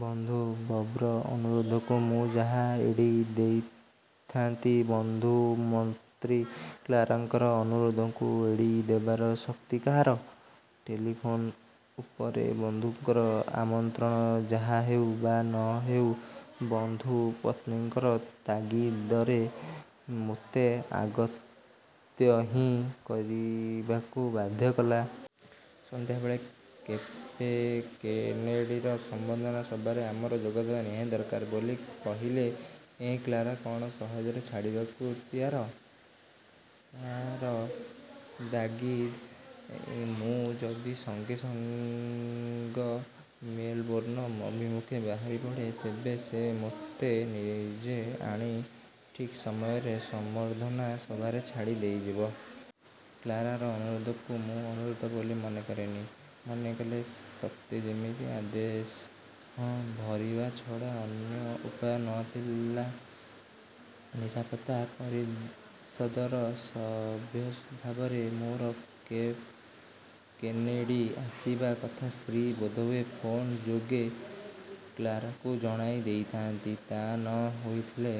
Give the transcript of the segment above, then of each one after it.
ବନ୍ଧୁ ବବ୍ର ଅନୁରୋଧକୁ ମୁଁ ଯାହା ଏଡ଼ି ଦେଇଥାନ୍ତି ବନ୍ଧୁ ମନ୍ତ୍ରୀ କ୍ଳାରାଙ୍କର ଅନୁରୋଧକୁ ଏଡ଼ି ଦେବାର ଶକ୍ତି କାହାର? ଟେଲିଫୋନ ଉପରେ ବନ୍ଧୁଙ୍କର ଆମତ୍ରଣ ଯାହେଉ ବା ନ ହେଉ ବନ୍ଧୁ ପତ୍ନୀଙ୍କର ତାଗି ଦରେ ମୋତେ ଆଗତ୍ୟା ହିଁ କରିବାକୁ ବାଧ୍ୟ କଲା। ସନ୍ଧ୍ୟାବେଳେ କେପକେନେଡ଼ିର ସମ୍ବର୍ଦ୍ଧନା ସଭାରେ ଆମର ଯୋଗଦେବା ନିହାତି ଦରକାର ବୋଲି କହିଲେ ହେଁ କ୍ଳାରା କ'ଣ ସହଜରେ ଛାଡ଼ିବାକୁ ତିଆର? ତାର ତାଗିଦ୍ ମୁଁ ଯଦି ସଙ୍ଗେ ସଙ୍ଗ ମେଲବୋର୍ଣ୍ଣ ଅଭିମୁଖେ ବାହାରି ପଡ଼େ, ତେବେ ସେ ମୋତେ ନିଜେ ଆଣି ଠିକ୍ ସମୟରେ ସମ୍ବର୍ଦ୍ଧନା ସଭାରେ ଛାଡ଼ି ଦେଇଯିବ। କ୍ଳାରାର ଅନୁରୋଧକୁ ମୁଁ ଅନୁରୋଧ ବୋଲି ମନେକରେନି, ମନେକଲେ ସତେ ଯେମିତି ଆଦେଶ। ହଁ ଭରିବା ଛଡ଼ା ଅନ୍ୟ ଉପାୟ ନ ଥିଲା। ନିରାପତ୍ତା ପରିଷଦର ସଭ୍ୟଭାବରେ ମୋର କେପ୍-କେନେଡ଼ି ଆସିବା କଥା ସ୍ତ୍ରୀ ବୋଧହୁଏ ଫୋନ ଯୋଗେ କ୍ଳାରାକୁ ଜଣାଇ ଦେଇଥାନ୍ତି, ତା ନ ହୋଇଥିଲେ।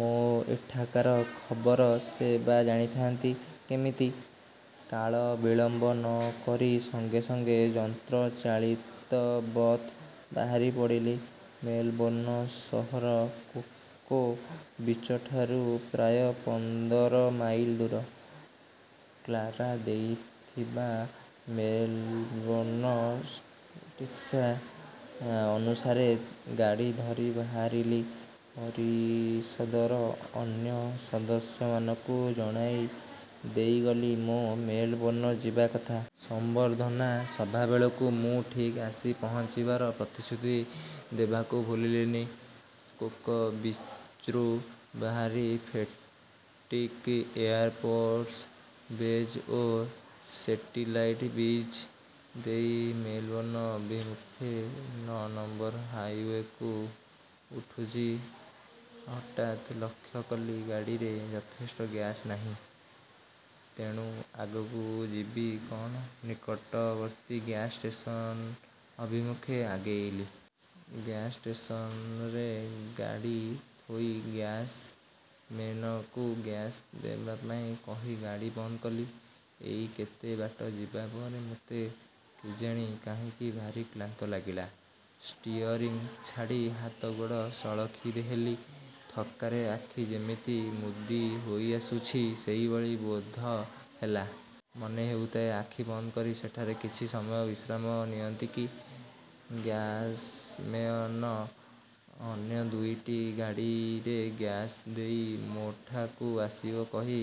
ମୋ ଏଠାକାର ଖବର ସେ ବା ଜାଣିଥାନ୍ତି କେମିତି? କାଳ ବିଳମ୍ବ ନ କରି ସଙ୍ଗେ ସଙ୍ଗେ ଯନ୍ତ୍ରଚାଳିତବତ୍ ବାହାରି ପଡ଼ିଲି। ମେଲବୋର୍ଣ୍ଣ ସହର କୋକୋ ବିଚଠାରୁ ପ୍ରାୟ ପନ୍ଦର ମାଇଲ ଦୂର। କ୍ଳାରା ଦେଇଥିବା ମେଲବୋର୍ଣ୍ଣ ଠିକ୍ସା ଅନୁସାରେ ଗାଡ଼ି ଧରି ବାହାରିଲି। ପରିଷଦର ଅନ୍ୟ ସଦସ୍ୟମାନଙ୍କୁ ଜଣାଇ ଦେଇଗଲି ମୋ ମେଲବୋର୍ଣ୍ଣ ଯିବା କଥା। ସମ୍ବର୍ଦ୍ଧନା ସଭାବେଳକୁ ମୁଁ ଠିକ୍ ଆସି ପହଞ୍ଚିବାର ପ୍ରତିଶ୍ରୁତି ଦେବାକୁ ଭୁଲିଲିନି। କୋକୋ ବିଚ୍ରୁ ବାହାରି ଫେଟିକ୍ ଏୟାର ଫୋର୍ସ ବେଜ ଓ ସେଟିଲାଇଟ ବିଚ୍ ଦେଇ ମେଲବୋର୍ଣ୍ଣ ଅଭିମୁଖେ ନଅ ନମ୍ବର ହାଇୱେକୁ ଉଠୁଛି, ହଠାତ୍ ଲକ୍ଷ୍ୟକଲି ଗାଡ଼ିରେ ଯଥେଷ୍ଟ ଗ୍ୟାସ ନାହିଁ। ତେଣୁ ଆଗକୁ ଯିବି କଅଣ ନିକଟବର୍ତ୍ତୀ ଗ୍ୟାସ୍ ଷ୍ଟେସନ ଅଭିମୁଖେ ଆଗେଇଲି। ଗ୍ୟାସଷ୍ଟେସନରେ ଗାଡ଼ି ଥୋଇ ଗ୍ୟାସମେନକୁ ଗ୍ୟାସ ଦେବା ପାଇଁ କହି ଗାଡ଼ି ବନ୍ଦ କଲି। ଏଇ କେତେ ବାଟ ଯିବା ପରେ ମୋତେ କେଜାଣି କାହିଁକି ଭାରି କ୍ଳାନ୍ତ ଲାଗିଲା। ଷ୍ଟିଅରିଂ ଛାଡ଼ି ହାତଗୋଡ଼ ସଳଖି ହେଲି। ଥକ୍କାରେ ଆଖି ଯେମିତି ମୁଦି ହୋଇଆସୁଛି ସେଇଭଳି ବୋଧହେଲା । ମନେ ହେଉଥାଏ, ଆଖି ବନ୍ଦ କରି ସେଠାରେ କିଛି ସମୟ ବିଶ୍ରାମ ନିଅନ୍ତି କି। ଗ୍ୟାସମେଅନ ଅନ୍ୟ ଦୁଇଟି ଗାଡ଼ିରେ ଗ୍ୟାସ ଦେଇ ମୋ'ଠାକୁ ଆସିବ କହି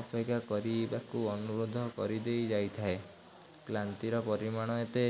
ଅପେକ୍ଷା କରିବାକୁ ଅନୁରୋଧ କରିଦେଇ ଯାଇଥାଏ। କ୍ଳାନ୍ତିର ପରିମାଣ ଏତେ